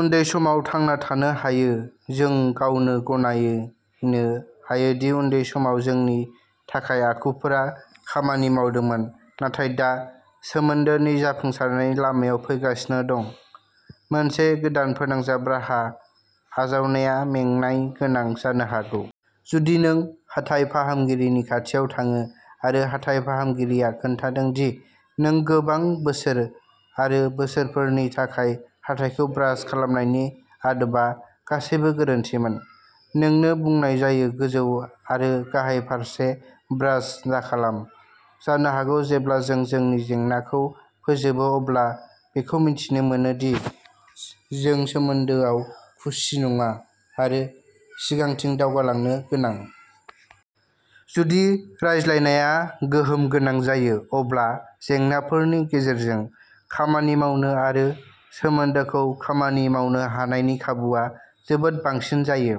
उन्दै समाव थांना थानो हायो। जों गावनो गनायोनो हायो दि उन्दै समाव जोंनि थाखाय आखुफोरा खामानि मावदोंमोन नाथाय दा सोमोन्दोनि जाफुंसारनायनि लामायाव फैगासिनो दं। मोनसे गोदान फोनांजाब राहा आजावनाया मेंनाय गोनां जानो हागौ। जुदि नों हाथाइ फाहामगिरिनि खाथियाव थाङो आरो हाथाइ फाहामगिरिया खोन्थादों दि नों गोबां बोसोर आरो बोसोरफोरनि थाखाय हाथाइखौ ब्रास खालामनायनि आदबआ गासैबो गोरोन्थिमोन। नोंनो बुंनाय जायो गोजौ आरो गाहाय फारसे ब्रास दाखालाम जानो हागौ जेब्ला जों जोंनि जेंनाखौ फोजोबो अब्ला बेखौ मिथिनो मोनो दि जों सोमोन्दोआव खुसि नङा आरो सिगांथिं दावगालांनो गोनां। जुदि रायज्लायनाया गोहोम गोनां जायो, अब्ला जेंनाफोरनि गेजेरजों खामानि मावनो आरो सोमोन्दोखौ खामानि मावनो हानायनि खाबुआ जोबोद बांसिन जायो।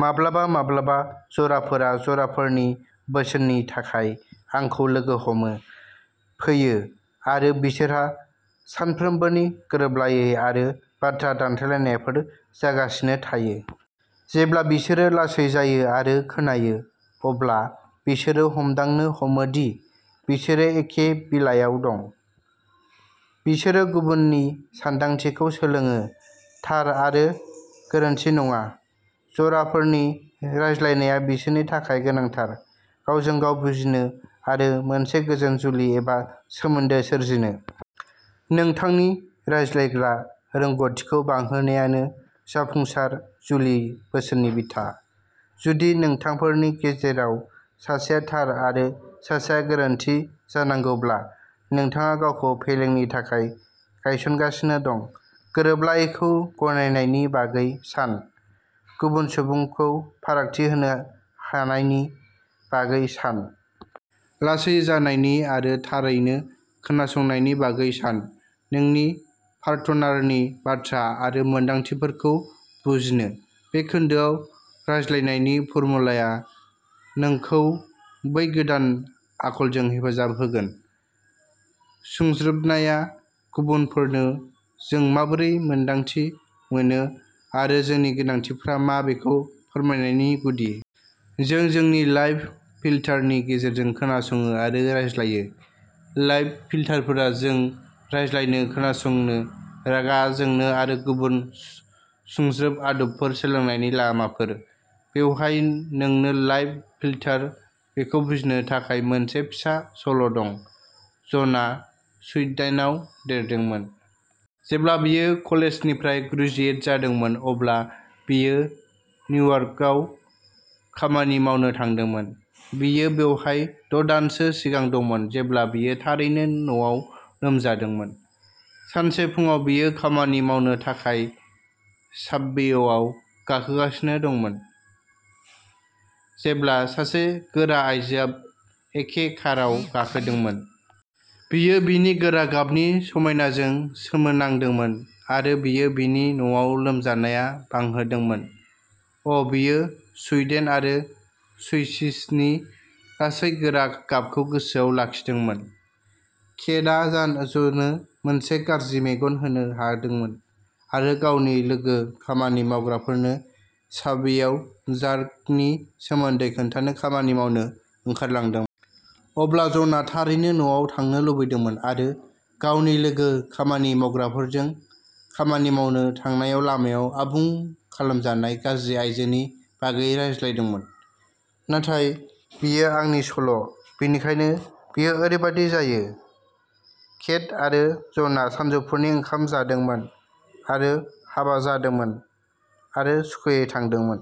माब्लाबा माब्लाबा जराफोरा जराफोरनि बोसोननि थाखाय आंखौ लोगो हमनो फैयो आरो बिसोरहा सानफ्रोमबोनि गोरोबलायै आरो बाथ्रा दान्थेलायनायफोर जागासिनो थायो। जेब्ला बिसोरो लासै जायो आरो खोनायो, अब्ला बिसोरो हमदांनो हमो दि बिसोरो एखे बिलायाव दं। बिसोरो गुबुन नि सानदांथिखौ सोलोङो, थार आरो गोरोन्थि नङा। जराफोरनि रायलायनाया बिसोरनि थाखाय गोनांथार, गावजों गाव बुजिनो आरो मोनसे गोजोन जुलि एबा सोमोन्दो सोरजिनो। नोंथांनि रायलायग्रा रोंग'थिखौ बांहोनायानो जाफुंसार जुलि बोसोननि बिथा। जुदि नोंथांफोरनि गेजेराव सासेया थार आरो सासेया गोरोन्थि जानांगौब्ला नोंथाङा गावखौ फेलेंनि थाखाय गायसनगासिनो दं। गोरोबलायैखौ गनायनायनि बागै सान। गुबुन सुबुंखौ फारागथि होनो होनायनि बागै सान। लासै जानायनि आरो थारैनो खोनासंनायनि बागै सान। नोंनि पार्टनारनि बाथ्रा आरो मोन्दांथिफोरखौ बुजिनो। बे खोन्दोआव रायज्लायनायनि फर्मुलाया नोंखौ बै गोदान आखलजों हेफाजाब होगोन। सुंज्रोबनाया गुबुनफोरनो जों माबोरै मोन्दांथि मोनो आरो जोंनि गोनांथिफोरा मा बेखौ फोरमायनायनि गुदि। जों जोंनि लाइफ फिल्टार नि गेजेरजों खोनासङो आरो रायज्लायो। लाइफ फिल्टारफोरा जों रायज्लायनो, खोनासंनो, रागा जोंनो आरो गुबुन स सुंज्रोब आदबफोर सोलोंनायनि लामाफोर। बेवहाय नोंनो लाइफ फिल्टार बेखौ बुजिनो थाखाय मोनसे फिसा सल'दं। जनआ सुइडाइनाव देरदोंमोन। जेब्ला बियो कलेजनिफ्राय ग्रेजुवेट जादोंमोन, अब्ला बियो निउयार्कआव खामानि मावनो थांदोंमोन। बियो बेवहाय द'दानसो सिगां दंमोन जेब्ला बियो थारैनो न'आव लोमजादोंमोन। सानसे फुंआव बियो खामानि मावनो थाखाय साबवेआव गाखोगासिनो दंमोन जेब्ला सासे गोरा आयजोआ एखे काराव गाखोदोंमोन। बियो बिनि गोरा गाबनि समायनाजों सोमोनांदोंमोन आरो बियो बिनि न'आव लोमजानाया बांहोदोंमोन। अ'बियो सुइडेन आरो सुइशिसनि गासै गोरा गाबखौ गोसोआव लाखिदोंमोन। केटआ जानो ज'नो मोनसे गाज्रि मेगन होनो हादोंमोन आरो गावनि लोगो खामानि मावग्राफोरनो साबवेआव जार्क नि सोमोन्दै खोन्थानानै खामानि मावनो ओंखारलांदों। अब्ला जनआ थारैनो न'आव थांनो लुबैदोंमोन आरो गावनि लोगो खामानि मावग्राफोरजों खामानि मावनो थांनाय लामायाव आबुं खालामनाय गाज्रि आइजोनि बागै रायज्लायदोंमोन। नाथाय बियो आंनि सल' बिनिखायनो बियो ओरैबायदि जायो। केट आरो जनआ सानजौफुनि ओंखाम जादोंमोन आरो हाबा जादोंमोन आरो सुखुयै थांदोंमोन।